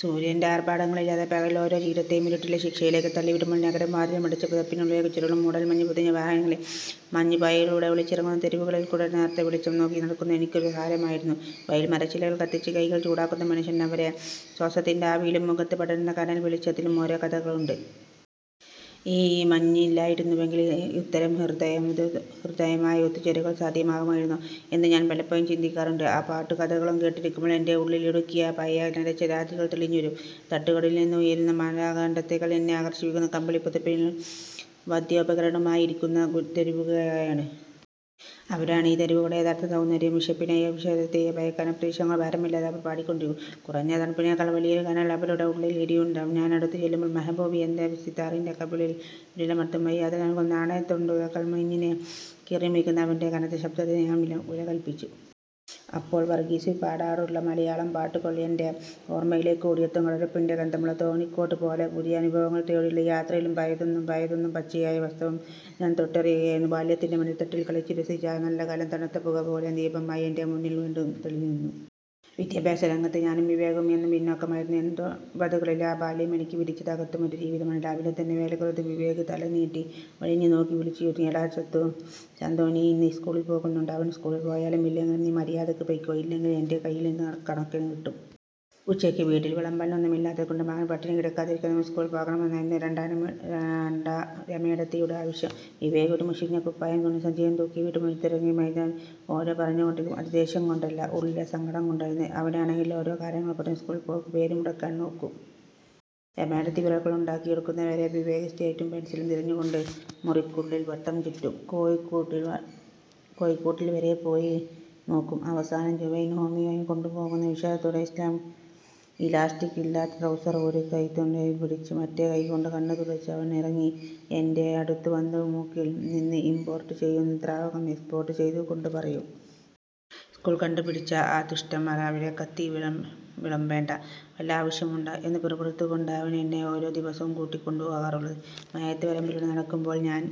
സൂര്യന്റെ ആർഭാടങ്ങളില്ലാത്ത പകൽ ഓരോ ജീവിതത്തെയും ഇരുട്ടിന്റെ ശിക്ഷയിലേക്ക് തള്ളിവിടുമ്പോൾ, നഗരം വാതിലുകളടച്ച് പുതപ്പിനുള്ളിലേക്ക് ചുരുളും. മൂടൽമഞ്ഞ് പൊതിഞ്ഞ സായാഹ്നങ്ങളിൽ, മഞ്ഞുപാളികൾക്കിടയിലൂടെ ഒളിച്ചിറങ്ങുന്ന തെരുവുവിളക്കുകളുടെ നേർത്ത വെളിച്ചം നോക്കി നടക്കുന്നത് എനിക്കൊരു ഹരമായിരുന്നു. വഴിയരികിൽ മരച്ചില്ലകൾ കത്തിച്ച് കൈകൾ ചൂടാക്കുന്ന മനുഷ്യർ. അവരുടെ ശ്വാസത്തിന്റെ ആവിയിലും, മുഖത്ത് പടരുന്ന കനൽ വെളിച്ചത്തിലും ഓരോരോ കഥകളുണ്ട്. ഈ മഞ്ഞില്ലായിരുന്നുവെങ്കിൽ ഇത്തരം ഹൃദ്യമായ ഒത്തുചേരലുകൾ സാധ്യമാകുമായിരുന്നോ എന്ന് ഞാൻ പലപ്പോഴും ചിന്തിക്കാറുണ്ട്. ആ പാട്ടും കഥകളും കേട്ടിരിക്കുമ്പോൾ എന്റെ ഉള്ളിൽ ഇടുക്കിയിലെ ആ പഴയ നരച്ച രാത്രികൾ തെളിഞ്ഞുവരും. തട്ടുകടകളിൽ നിന്ന് ഉയരുന്ന മസാലഗന്ധത്തേക്കാൾ എന്നെ ആകർഷിച്ചിരുന്നത്, കമ്പിളി പുതപ്പിനുള്ളിൽ വാദ്യോപകരണങ്ങളുമായി ഇരിക്കുന്ന തെരുവുഗായകരാണ്. അവരാണ് ഈ തെരുവുകളുടെ യഥാർത്ഥ സൗന്ദര്യം. വിശപ്പിനെയോ വിഷാദത്തെയോ ഭയക്കാതെ, പ്രതീക്ഷകളുടെ ഭാരമില്ലാതെ അവർ പാടിക്കൊണ്ടിരിക്കും. പുറത്തെ തണുപ്പിനേക്കാൾ വലിയൊരു കനൽ അവരുടെ ഉള്ളിൽ എരിയുന്നുണ്ടാവാം. ഞാൻ അടുത്തുചെല്ലുമ്പോൾ മെഹബൂബ് തന്റെ സിത്താറിന്റെ കമ്പികളിൽ വിരലമർത്തും. വഴിയാത്രക്കാർ നൽകുന്ന നാണയത്തുട്ടുകളേക്കാൾ, മഞ്ഞിനെ കീറിമുറിക്കുന്ന അവന്റെ കനത്ത ശബ്ദത്തിന് ഞാൻ വിലകല്പിച്ചു. അപ്പോൾ വർഗ്ഗീസ് പാടാറുള്ള മലയാളം പാട്ടുകൾ എന്റെ ഓർമ്മയിലേക്ക് ഓടിയെത്തും, കടലുപ്പിൻ്റെ ഗന്ധമുള്ള തേനിക്കാട്ട് പോലെ. പുതിയ അനുഭവങ്ങൾ തേടിയുള്ള ഈ യാത്രയിലും പഴയതൊന്നും പഴയതല്ലെന്ന പച്ചയായ വാസ്തവം ഞാൻ തൊട്ടറിയുകയായിരുന്നു. ബാല്യത്തിന്റെ മടിത്തട്ടിൽ കളിച്ചുരസിച്ച ആ നല്ലകാലം, തണുത്ത പുകപോലൊരു ദീപമായി എന്റെ മുന്നിൽ വീണ്ടും തെളിഞ്ഞുനിൽക്കുന്നു. വിദ്യാഭ്യാസരംഗത്ത് ഞാനും വിവേകും എന്നും പിന്നോക്കക്കാരായിരുന്നു. എൺപതുകളിലെ ആ ബാല്യം എനിക്ക് വിധിച്ചത് അത്തരമൊരു ജീവിതമാണ്. രാവിലെ തന്നെ വേലിക്കപ്പുറത്തുനിന്ന് വിവേക് തല നീട്ടി വലിഞ്ഞുനോക്കി വിളിച്ചു ചോദിക്കും: "എടാ ചന്തൂ, നീ ഇന്ന് സ്കൂളിൽ പോകുന്നുണ്ടോ? " അവൻ സ്കൂളിൽ പോയാലും ഇല്ലെങ്കിലും "നീ മര്യാദയ്ക്ക് പൊയ്ക്കോ, ഇല്ലെങ്കിൽ എന്റെ കയ്യിൽ നിന്ന് കണക്കിന് കിട്ടും. " ഉച്ചയ്ക്ക് വീട്ടിൽ വിളമ്പാൻ ഒന്നുമില്ലാത്തതുകൊണ്ട്, മകൻ പട്ടിണി കിടക്കാതിരിക്കാനെങ്കിലും സ്കൂളിൽ പോകണമെന്നതായിരുന്നു രമേടത്തിയുടെ ആവശ്യം. വിവേക് ഒരു മുഷിഞ്ഞ കുപ്പായവും തുണിസഞ്ചിയും തൂക്കി വീടുവിട്ടിറങ്ങുന്നതുവരെ രമേടത്തി ഓരോന്ന് പറഞ്ഞുകൊണ്ടിരിക്കും. അത് ദേഷ്യം കൊണ്ടല്ല, ഉള്ളിലെ സങ്കടം കൊണ്ടായിരുന്നു. അവനാണെങ്കിൽ ഓരോ കാരണങ്ങൾ പറഞ്ഞ് സ്കൂളിൽ പോക്ക് മുടക്കാൻ നോക്കും. രമേടത്തി വിറകുകൊള്ളി എടുക്കുന്നത് വരെ വിവേക് സ്ലേറ്റും പെൻസിലും തിരഞ്ഞുകൊണ്ട് മുറിക്കുള്ളിൽ വട്ടം ചുറ്റും. കോഴിക്കൂട്ടിൽ വരെ പോയി നോക്കും. അവസാനം, ജുവനൈൽ ഹോമിലേക്ക് കൊണ്ടുപോകുന്ന വിഷാദത്തോടെ, ഇലാസ്റ്റിക് ഇല്ലാത്ത ട്രൗസർ ഒരു കൈകൊണ്ടുയർത്തിപ്പിടിച്ച്, മറ്റേ കൈകൊണ്ട് കണ്ണ് തുടച്ച് അവൻ ഇറങ്ങി എന്റെ അടുത്ത് വന്ന് മൂക്കിൽ നിന്ന് ഇംപോർട്ട് ചെയ്യുന്ന ദ്രാവകം എക്സ്പോർട്ട് ചെയ്ത്കൊണ്ട് പറയും.. "സ്കൂൾ കണ്ടുപിടിച്ച ആ ദുഷ്ടന്മാർക്ക് അവിടെ കഞ്ഞി വിളമ്പേണ്ട വല്ല ആവശ്യവുമുണ്ടോ? " എന്ന് പിറുപിറുത്തുകൊണ്ടാണ് അവൻ എന്നെ ഓരോ ദിവസവും കൂട്ടിക്കൊണ്ടുപോകാറുള്ളത്. മഴയത്ത് വരമ്പിലൂടെ നടക്കുമ്പോൾ ഞാൻ